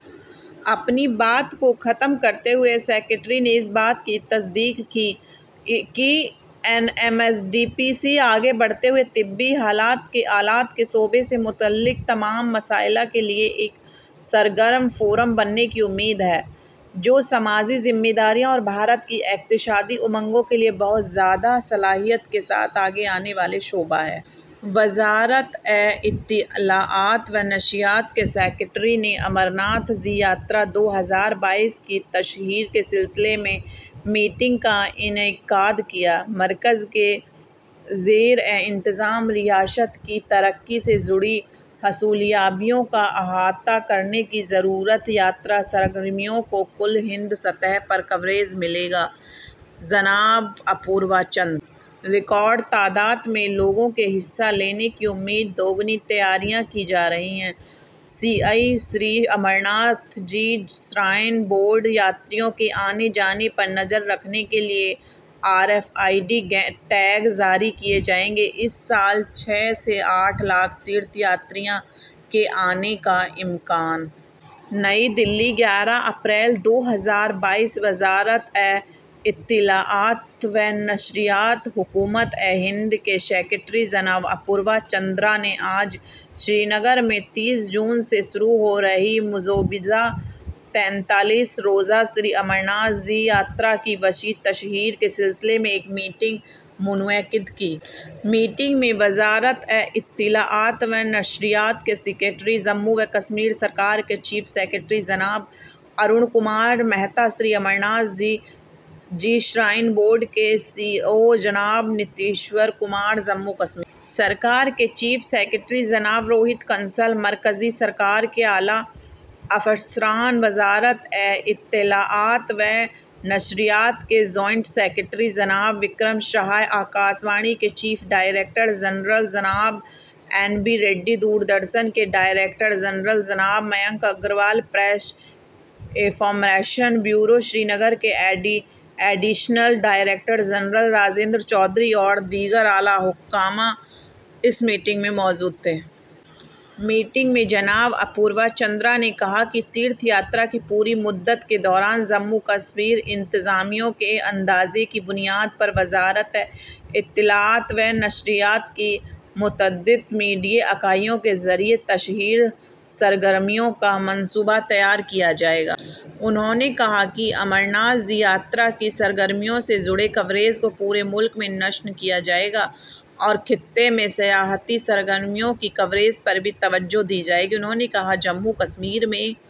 اپنی بات کو ختم کرتے ہوئے سیکریٹری نے اس بات کی تصدیق کی کہ N M D P C, آگے بڑھتے ہوئے، طبی آلات کے شعبے سے متعلق تمام مسائل کے لیے ایک سرگرم فورم بننے کی امید ہے، جو سماجی ذمہ داریوں اور بھارت کی اقتصادی کی اقتصادی امنگوں کے لیے بہت زیادہ صلاحیت کے ساتھ آگے آنے والا شعبہ ہے۔ وزارت اطلاعات و نشریات کے سیکریٹری نے امرناتھ جی یاترا دو ہزار بائیس کی تشہیر کے سلسلے میں میٹنگ کا انعقاد کیا۔ مرکز کے زیر انتظام ریاست کی ترقی سے جڑی حصولیابیوں کا احاطہ کرنے کی ضرورت، یاترا سرگرمیوں کو کل ہند سطح پر کوریج ملے گی: جناب اپورو چندر۔ ریکارڈ تعداد میں لوگوں کے حصہ لینے کی امید، دوگنی تیاریاں کی جا رہی ہیں: C E O, Shri Amarnath ji shrine board. یاتریوں کے آنے جانے پر نظر رکھنے کے لیے R F I D tag جاری کیے جائیں گے، اس سال چھ سے آٹھ لاکھ تیرتھ یاتریوں کے آنے کا امکان۔ نئی دہلی: گیارہ اپریل دو ہزار بائیس: وزارت اطلاعات و نشریات، حکومت ہند کے سیکریٹری جناب اپورو چندرا نے آج سری نگر میں تیس جون سے شروع ہو رہی مجوزہ تینتالیس روزہ شری امرناتھ جی یاترا کی وسیع تشہیر کے سلسلے میں ایک میٹنگ منعقد کی۔ میٹنگ میں وزارت اطلاعات و نشریات کے سیکریٹری، جموں و کشمیر سرکار کے چیف سیکریٹری جناب ارون کمار مہتا، شری امرناتھ جی شرائن بورڈ کے سی ای او جناب نتیشور کمار، جموں کشمیر سرکار کے چیف سیکریٹری جناب روہت کنسل، مرکزی سرکار کے اعلیٰ افسران، وزارت اطلاعات و نشریات کے جوائنٹ سیکریٹری جناب وکرم سہائے، آکاش وانی کے چیف ڈائریکٹر جنرل جناب این وی ریڈی، دوردرشن کے ڈائریکٹر جنرل جناب Mayank Agarwal, press information bureau Srinagar کے additional director general Rajendra Chaudhary اور دیگر اعلیٰ حکام اس میٹنگ میں موجود تھے۔ میٹنگ میں جناب اپورو چندر نے کہا کہ تیرتھ یاترا کی پوری مدت کے دوران جموں کشمیر انتظامیہ کے اندازے کی بنیاد پر وزارت اطلاعات و نشریات کی متعدد میڈیا اکائیوں کے ذریعے تشہیری سرگرمیوں کا منصوبہ تیار کیا جائے گا۔ انہوں نے کہا کہ امرناتھ جی یاترا کی سرگرمیوں سے جڑے کوریج کو پورے ملک میں نشر کیا جائے گا اور خطے میں سیاحتی سرگرمیوں کی کوریج پر بھی توجہ دی جائے گی۔ انہوں نے کہا، "جموں کشمیر میں...